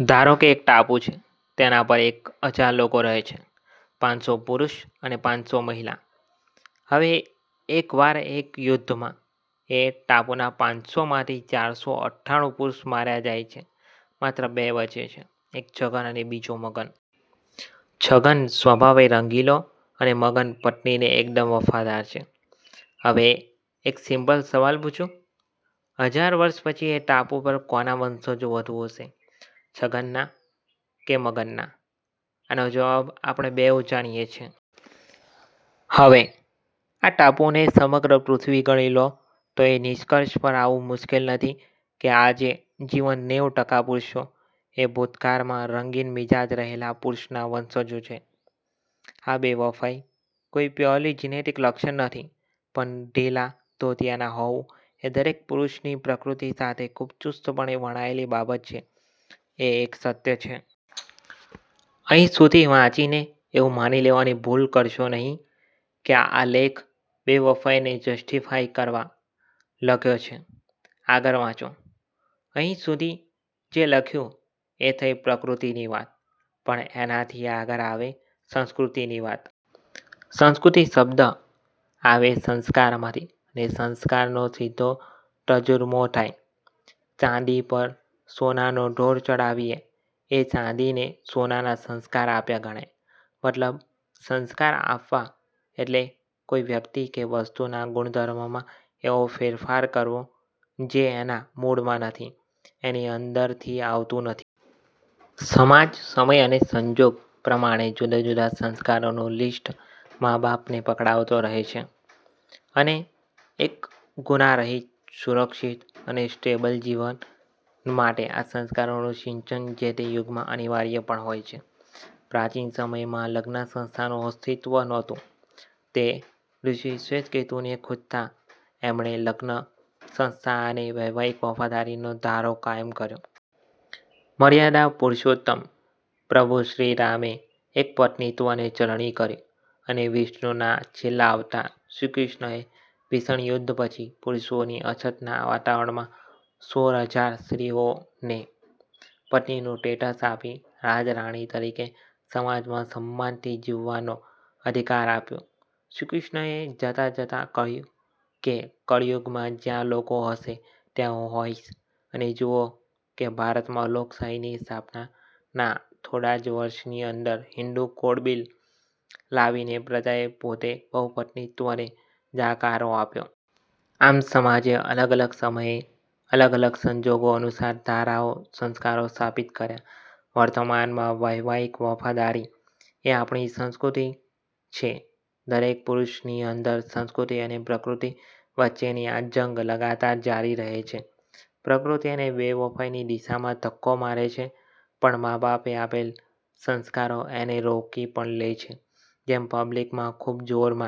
ધારોકે એક ટાપુ છે. તેના પર એક હજાર લોકો રહે છે: પાંચસો પુરુષ અને પાંચસો મહિલા. હવે, એક વાર એક યુદ્ધ માં, એ ટાપુના પાંચસો માંથી ચારસો અઠ્ઠાણું પુરુષ માર્યા જાય છે. માત્ર બે બચે છે: એક છગન અને બીજો મગન. છગન સ્વભાવે રંગીલો અને મગન પત્ની ને એકદમ વફાદાર. હવે, એક સિમ્પલ સવાલ પૂછું: હજાર વર્ષ પછી એ ટાપુ પર કોના વંશજો વધુ હશે, છગન ના કે મગન ના? આનો જવાબ આપણે બેઉ જાણીએ છીએ. હવે, આ ટાપુને સમગ્ર પૃથ્વી ગણી લો તો એ નિષ્કર્ષ પર આવવાનું મુશ્કેલ નથી કે આજે જીવંત નેવું ટકા પુરુષો એ ભૂતકાળ માં રંગીનમિજાજ રહેલા પુરુષોના વંશજો છે. હા, બેવફાઇ કોઈ પ્યોરલી જીનેટિક લક્ષણ નથી પણ ઢીલા ધોતિયાના હોવું એ દરેક પુરુષની પ્રકૃતિ સાથે ખૂબ ચુસ્તપણે વણાયેલી બાબત છે, એ એક સત્ય છે. અહીં સુધી વાંચીને એવું માની લેવાની ભૂલ કરશો નહિ કે આ લેખ બેવફાઈને જસ્ટીફાય કરવા લખ્યો છે. આગળ વાંચો: અહીં સુધી જે લખ્યું એ થઈ પ્રકૃતિની વાત. પણ એનાથી આગળ આવે સંસ્કૃતિ ની વાત. સંસ્કૃતિ શબ્દ આવે સંસ્કાર માંથી અને સંસ્કાર નો સીધો તજુરમો થાય. ચાંદી પર સોનાનો ઢોળ ચઢાવીએ એ ચાંદીને સોનાના સંસ્કાર આપ્યા ગણાય. મતલબ સંસ્કાર આપવા એટલે કોઈ વ્યક્તિ કે વસ્તુના ગુણધર્મ માં એવો ફેરફાર કરવો જે એના મૂળમાં નથી, એની અંદરથી આવતું નથી. સમાજ સમય અને સંજોગ પ્રમાણે જુદા જુદા સંસ્કારોનું લીસ્ટ મા-બાપને પકડાવતો રહે છે, અને એક ગુનારહિત, સુરક્ષિત અને સ્ટેબલ જીવન માટે આ સંસ્કારો નું સિંચન જે તે યુગમાં અનિવાર્ય પણ હોય છે. પ્રાચીન સમયમાં લગ્નસંસ્થા નું અસ્તિત્વ નહોતું તે ઋષિ શ્વેતકેતુ ને ખુંચતા એમણે લગ્નસંસ્થા અને વૈવાહિક વફાદારી નો ધારો કાયમ કર્યો. મર્યાદાપુરુષોત્તમ પ્રભુ શ્રીરામે એકપત્નીત્વને ચલણી કર્યુ અને વિષ્ણુના છેલ્લા અવતાર શ્રીકૃષ્ણએ ભીષણ યુદ્ધ પછી પુરુષોની અછતના વાતાવરણમાં સોળ હજાર સ્ત્રીઓને પતીનું ટેટસ આપી રાજરાણી તરીકે સમાજમાં સન્માનથી જીવવાનો અધિકાર આપ્યો. શ્રીકૃષ્ણ એ જતા જતા કહ્યું કે "કળયુગ માં જ્યાં લોકો હશે ત્યાં હું હોઈશ" અને જુઓ કે ભારતમાં લોકશાહીની સ્થાપનાના થોડાજ વર્ષની અંદર હિન્દુ કોડ બિલ લાવીને પ્રજાએ પોતે બહુપત્નિત્વ ને જાકારો આપ્યો. આમ, સમાજે અલગ અલગ સમયે અલગ અલગ સંજોગો અનુસાર ધારાઓ/સંસ્કારો સ્થાપિત કર્યા. વર્તમાનમાં વૈવાહિક વફાદારી, એ આપણી સંસ્કૃતિ છે. દરેક પુરુષની અંદર સંસ્કૃતિ અને પ્રકૃતિ વચ્ચેની આ જંગ લગાતાર જારી રહે છે. પ્રકૃતિ એને બેવફાઈની દિશામાં ધક્કો મારે છે પણ માં-બાપે આપેલ સંસ્કારો એને રોકી પણ લે છે. જેમ પબ્લિક માં ખુબ જોરમાં